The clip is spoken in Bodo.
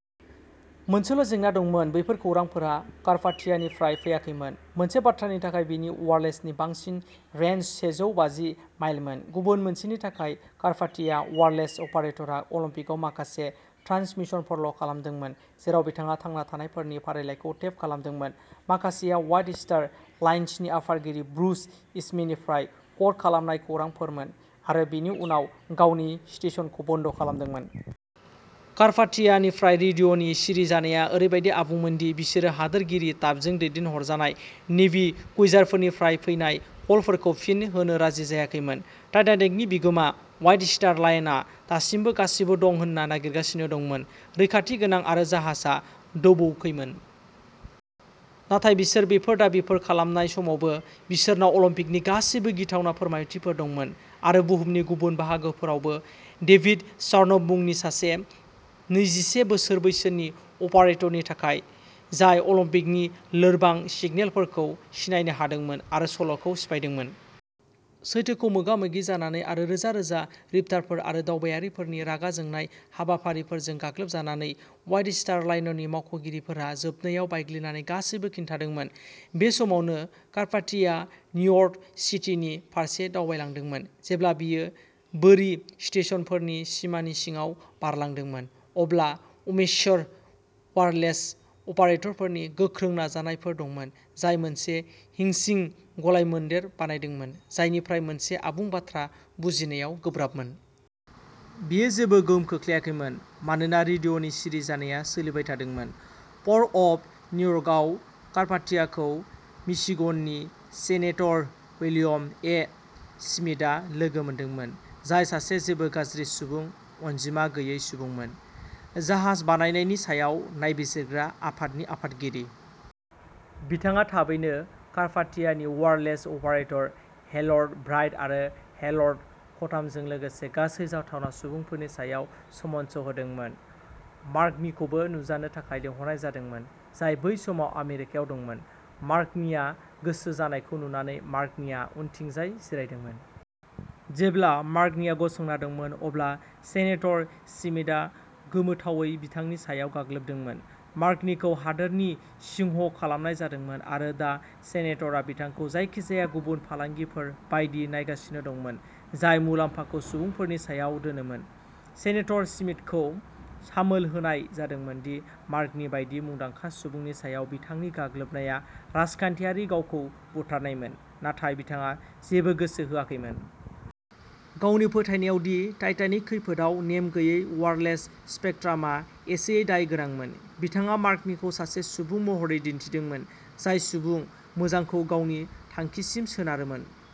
मोनसेल'जेंना दंमोन बेफोर खौरांफोरा कार्पाथियानिफ्राय फैयाखैमोन। मोनसे बाथ्रानि थाखाय बिनि अवाइरलेसनि बांसिन रेन्ज सेजौ बाजि माइलमोन। गुबुन मोनसेनि थाखाय, कार्पाथिया अवाइरलेस अपारेटरआ अलिम्पिकआव माखासे ट्रान्समिसनफोरल'खालामदोंमोन जेराव बिथाङा थांना थानायफोरनि फारिलाइखौ टेप खालामदोंमोन, माखासेआ व्हाइट स्टार लाइन्सनि आफादगिरि ब्रुस इस्मेनिफ्राय क'ड खालामनाय खौरांफोरमोन, आरो बिनि उनाव गावनि स्टेशनखौ बन्द खालामदोंमोन। "कार्पाथिया" निफ्राय रेडिय'नि सिरि जानाया ओरैबादि आबुंमोन दि बिसोरो हादोरगिरि टाफ्टजों दैथायहरजानाय नेभि क्रुइजारफोरनिफ्राय फैनाय कलफोरखौ फिन होनो राजि जायाखैमोन। टाइटानिकनि बिगोमा, व्हाइट स्टार लाइनआ दासिमबो गासिबो दं होनना नारसिनगासिनो दंमोन। रैखाथि गोनां आरो जाहाजआ दोबौखैमोन। नाथाय बिसोर बेफोर दाबिफोर खालामनाय समावबो, बिसोरनाव अलिम्पिकनि गासैबो गिथावना फोरमायथिफोर दंमोन। आरो बुहुमनि गुबुन बाहागोफोराबो, डेभिड सार्नफ मुंनि सासे नैजिसे बोसोर बैसोनि अपारेटरनि थाखाय, जाय अलिम्पिकनि लोरबां सिगनेलफोरखौ सिनायनो हादोंमोन आरो सल'खौ सिफायदोंमोन। सैथोखौ मोगा-मोगि जानानै आरो रोजा-रोजा रिपर्टारफोर आरो दावबायारिफोरनि रागा जोंनाय बाहागिफोरजों गाग्लोबजानानै, व्हाइट स्टार लाइनारनि मावख'गिरिफोरा जोबनायाव बायग्लिनानै गासिबो खिन्थादोंमोन। बे समावनो, कार्पाथियाआ निउयर्क सिटिनि फारसे दावगालांदोंमोन। जेब्ला बियो बोरि स्टेशनफोरनि सिमानि सिङाव बारलांदोंमोन, अब्ला अमेच्योर अवाइरलेस अपारेटरफोरनि गोख्रों नाजानायफोर दंमोन जाय मोनसे हिसिं गलायमोनदेर बानायदोंमोन जायनिफ्राय मोनसे आबुं बाथ्रा बुजिनायाव गोब्राबमोन। बेयो जेबो गोहोम खोख्लैयाखैमोन मानोना रेडिय'नि सिरि जानाया सोलिबाय थादोंमोन। पर्ट अफ निउयर्कआव, कार्पाथियाखौ मिशिगननि सेनेटर विलियम ए. स्मिथआ लोगो मोनदोंमोन, जाय सासे जेबो गाज्रि सुबुं अनजिमा गैयै सुबुंमोन। जाहाज बायनायनि सायाव नायबिजिरग्रा आफादनि आफादगिरि। बिथाङा थाबैनो कार्पाथियानि वायरलेस अपारेटर हेरल्ड ब्राइड आरो हेरल्ड कटामजों लोगोसे गासै जाथावना सुबुंफोरनि सायाव समन्स होदोंमोन। मार्क'नीखौबो नुजानो थाखाय लिंहरनाय जादोंमोन, जाय बै समाव आमेरिकायाव दंमोन। मार्क'नीया गोसो जानायखौ नुनानै मार्क'नीआ उनथिंजाय जिरायदोंमोन। जेब्ला मार्क'नीआ गसंना दंमोन अब्ला सेनेटर स्मिथआ गोमोथावै बिथांनि सायाव गाग्लोबदोंमोन। मार्क'नीखौ हादोरनि सिंह खालामनाय जादोंमोन आरो दा सेनेटरआ बिथांखौ जायखिजाया गुबुन फालांगियारिफोर बायदि नायगासिनो दंमोन, जाय मुलाम्फाखौ सुबुंफोरनि सायाव दोनोमोन। सेनेटर स्मिथखौ सामोल होनाय जादोंमोन दि मार्क'नी बायदि मुंदांखा सुबुंनि सायाव बिथांनि गाग्लोबनाया राजखान्थियारि गावखौ बुथारनायमोन, नाथाय बिथाङा जेबो गोसो होआखैमोन। गावनि फोथायनायाव दि टाइटानिक खैफोदआव नेम गैयै वायरलेस स्पेकट्रामआ एसेयै दाय गोनांमोन, बिथाङा मार्क'नीखौ सासे सुबुं महरै दिन्थिदोंमोन, जाय सुबुं मोजांखौ गावनि थांखिसिम सोनारोमोन।